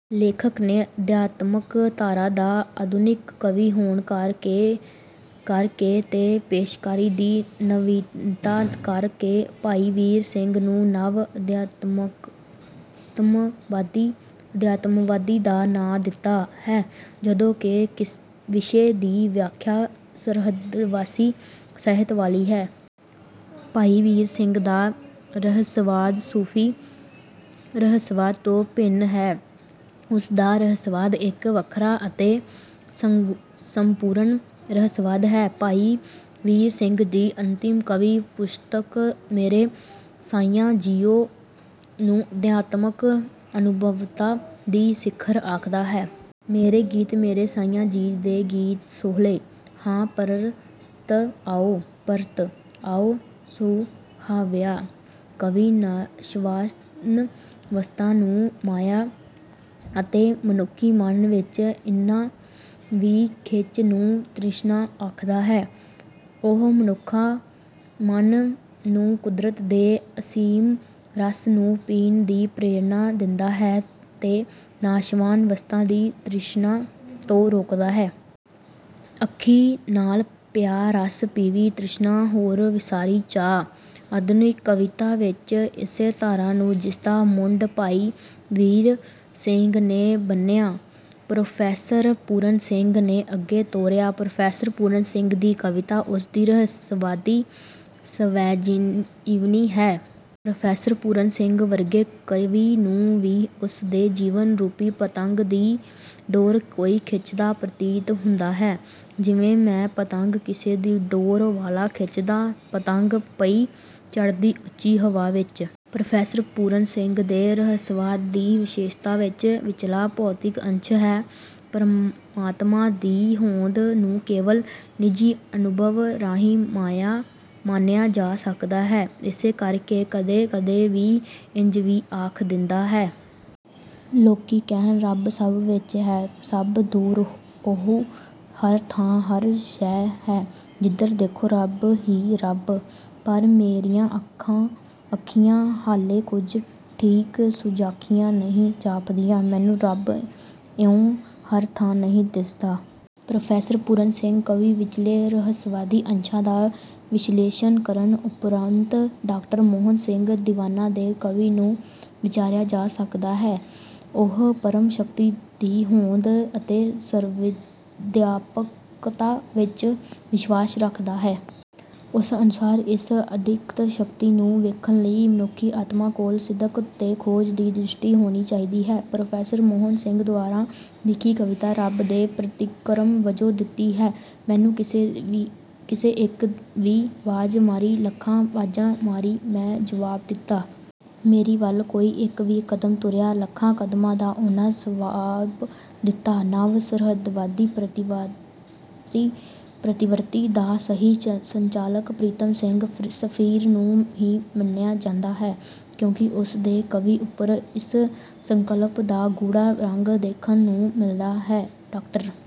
ਲੇਖਕ ਨੇ ਅਧਿਆਤਮਕ ਧਾਰਾ ਦਾ ਆਧੁਨਿਕ ਕਵੀ ਹੋਣ ਕਰ ਕੇ ਤੇ ਪੇਸ਼ਕਾਰੀ ਦੀ ਨਵੀਨਤਾ ਕਰ ਕੇ ਭਾਈ ਵੀਰ ਸਿੰਘ ਨੂੰ ਨਵ ਅਧਿਆਤਮਵਾਦੀ ਦਾ ਨਾਂ ਦਿੱਤਾ ਹੈ। ਜਦੋਂ ਕਿ ਵਿਸ਼ੇ ਦੀ ਵਿਆਖਿਆ ਸਰਹੱਦਵਾਸੀ ਸਾਹਿਤ ਵਾਲੀ ਹੈ। ਭਾਈ ਵੀਰ ਸਿੰਘ ਦਾ ਰਹੱਸਵਾਦ ਸੂਫੀ ਰਹੱਸਵਾਦ ਤੋਂ ਭਿੰਨ ਹੈ ਉਸ ਦਾ ਰਹੱਸਵਾਦ ਇੱਕ ਵੱਖਰਾ ਅਤੇ ਸੰਪੂਰਨ ਰਹੱਸਵਾਦ ਹੈ। ਭਾਈ ਵੀਰ ਸਿੰਘ ਦੀ ਅੰਤਿਮ ਕਾਵਿ ਪੁਸਤਕ ਮੇਰੇ ਸਾਈਆਂ ਜੀਓ ਨੂੰ ਅਧਿਆਤਮਕ ਅਨੁਭਵਤਾ ਦੀ ਸਿਖਰ ਆਖਦਾ ਹੈ। ਮੇਰੇ ਗੀਤ ਮੇਰੇ ਸਾਈਆਂ ਜੀ ਦੇ ਗੀਤ ਸੋਹਲੇ। ਹਾਂ ਪਰਤ ਆਉ ਪਰਤ ਆਉ ਸੁਹਵਿਉ। ਕਵੀ ਨਾਸ਼ਵਾਨ ਵਸਤਾਂ ਨੂੰ ਮਾਇਆ ਅਤੇ ਮਨੁੱਖੀ ਮਨ ਵਿੱਚ ਇਹਨਾਂ ਦੀ ਖਿੱਚ ਨੂੰ ਤ੍ਰਿਸ਼ਨਾ ਆਖਦਾ ਹੈ। ਉਹ ਮਨੁੱਖਾ ਮਨ ਨੂੰ ਕੁਦਰਤ ਦੇ ਅਸੀਮ ਰਸ ਨੂੰ ਪੀਣ ਦੀ ਪ੍ਰੇਰਨਾ ਦਿੰਦਾ ਹੈ ਤੇ ਨਾਸ਼ਵਾਨ ਵਸਤਾਂ ਦੀ ਤ੍ਰਿਸ਼ਨਾ ਤੋਂ ਰੋਕਦਾ ਹੈ। ਅੱਖੀਂ ਨਾਲ ਪਿਆ ਰਸ ਪੀਵੀਂ ਤ੍ਰਿਸ਼ਨਾ ਹੋਰ ਵਿਸਾਰੀ ਚਾ। ਆਧੁਨਿਕ ਕਵਿਤਾ ਵਿੱਚ ਇਸੇ ਧਾਰਾ ਨੂੰ ਜਿਸਦਾ ਮੁੱਢ ਭਾਈ ਵੀਰ ਸਿੰਘ ਨੇ ਬੰਨ੍ਹਿਆ ਪ੍ਰੋਫੈਸਰ ਪੂਰਨ ਸਿੰਘ ਨੇ ਅੱਗੇ ਤੋਰਿਆ। ਪ੍ਰੋਫੈਸਰ ਪੂਰਨ ਸਿੰਘ ਦੀ ਕਵਿਤਾ ਉਸ ਦੀ ਰਹੱਸਵਾਦੀ ਸਵੈਜੀਵਨੀ ਹੈ। ਪ੍ਰੋਫੈਸਰ ਪੂਰਨ ਸਿੰਘ ਵਰਗੇ ਕਵੀ ਨੂੰ ਵੀ ਉਸ ਦੇ ਜੀਵਨ ਰੂਪੀ ਪਤੰਗ ਦੀ ਡੋਰ ਕੋਈ ਖਿੱਚਦਾ ਪ੍ਰਤੀਤ ਹੁੰਦਾ ਹੈ ਜਿਵੇਂ। ਮੈਂ ਪਤੰਗ ਕਿਸੇ ਦੀ ਡੋਰਾਂ ਵਾਲਾ ਖਿੱਚਦਾ ਪਤੰਗ ਪਈ ਚੜ੍ਹਦੀ ਉਚੀ ਹਵਾ ਵਿਚ। ਪ੍ਰੋਫੈਸਰ ਪੂਰਨ ਸਿੰਘ ਦੇ ਰਹੱਸਵਾਦ ਦੀ ਵਿਸ਼ੇਸ਼ਤਾ ਇਸ ਵਿਚਲਾ ਬੌਧਿਕ ਅੰਸ਼ ਹੈ। ਪ੍ਰਮਾਤਮਾ ਦੀ ਹੋਂਦ ਨੂੰ ਕੇਵਲ ਨਿੱਜੀ ਅਨੁਭਵ ਰਾਹੀਂ ਮਾਣਿਆ ਜਾ ਸਕਦਾ ਹੈ। ਇਸੇ ਕਰ ਕੇ ਕਦੇ ਕਦੇ ਕਵੀ ਇੰਝ ਵੀ ਆਖ ਦਿੰਦਾ ਹੈ। ਲੋਕੀ ਕਹਿਣ ਰੱਬ ਸਭ ਵਿੱਚ ਹੈ ਸਭ ਦੂਰ ਉਹੋ ਹਰ ਥਾਂ ਹਰ ਸ਼ੈ ਹੈ ਜਿਧਰ ਦੇਖੋ ਰੱਬ ਹੀ ਰੱਬ ਪਰ ਮੇਰੀਆਂ ਅੱਖੀਆਂ ਹਾਲੇ ਕੁਝ ਠੀਕ ਸੁਜਾਖੀਆਂ ਨਹੀਂ ਜਾਪਦੀਆਂ। ਮੈਨੂੰ ਰੱਬ ਇਉਂ ਹਰ ਥਾਂ ਨਹੀਂ ਦਿਸਦਾ। ਪ੍ਰੋਫੈਸਰ ਪੂਰਨ ਸਿੰਘ ਕਾਵਿ ਵਿਚਲੇ ਰਹੱਸਵਾਦੀ ਅੰਸ਼ਾਂ ਦਾ ਵਿਸ਼ਲੇਸ਼ਣ ਕਰਨ ਉਪਰੰਤ ਡਾਕਟਰ ਮੋਹਨ ਸਿੰਘ ਦੀਵਾਨਾ ਦੇ ਕਾਵਿ ਨੂੰ ਵਿਚਾਰਿਆ ਜਾ ਸਕਦਾ ਹੈ। ਉਹ ਪਰਮ ਸ਼ਕਤੀ ਦੀ ਹੋਂਦ ਅਤੇ ਸਰਵਵਿਆਪਕਤਾ ਵਿੱਚ ਵਿਸ਼ਵਾਸ ਰੱਖਦਾ ਹੈ। ਉਸ ਅਨੁਸਾਰ ਇਸ ਅਦਿੱਖ ਸ਼ਕਤੀ ਨੂੰ ਵੇਖਣ ਲਈ ਮਨੁੱਖੀ ਆਤਮਾ ਕੋਲ ਸਿਦਕ ਤੇ ਖੋਜ ਦੀ ਦ੍ਰਿਸ਼ਟੀ ਹੋਣੀ ਚਾਹੀਦੀ ਹੈ। ਪ੍ਰੋਫੈਸਰ ਮੋਹਨ ਸਿੰਘ ਦੁਆਰਾ ਲਿਖੀ ਕਵਿਤਾ ਰੱਬ ਦੇ ਪ੍ਰਤੀਕ੍ਰਮ ਵਜੋਂ ਦਿੱਤੀ ਹੈ। ਮੈਨੂੰ ਕਿਸੇ ਇੱਕ ਵੀ ਵਾਜ ਮਾਰੀ ਲੱਖਾਂ ਵਾਜਾਂ ਰਾਹੀਂ ਮੈਂ ਜਵਾਬ ਦਿੱਤਾ। ਮੇਰੀ ਵੱਲ ਕੋਈ ਇੱਕ ਵੀ ਕਦਮ ਤੁਰਿਆ ਲੱਖਾਂ ਕਦਮਾਂ ਦਾ ਉਹਨੂੰ ਸਵਾਬ ਦਿੱਤਾ। ਨਵ ਰਹੱਸਵਾਦੀ ਪ੍ਰਵਿਰਤੀ ਦਾ ਸਹੀ ਸੰਚਾਲਕ ਪ੍ਰੀਤਮ ਸਿੰਘ ਸਫੀਰ ਨੂੰ ਹੀ ਮੰਨਿਆ ਜਾਂਦਾ ਹੈ। ਕਿਉਂਕਿ ਉਸ ਦੇ ਕਾਵਿ ਉੱਪਰ ਇਸ ਸੰਕਲਪ ਦਾ ਗੂੜਾ ਰੰਗ ਦੇਖਣ ਨੂੰ ਮਿਲਦਾ ਹੈ। ਡਾਕਟਰ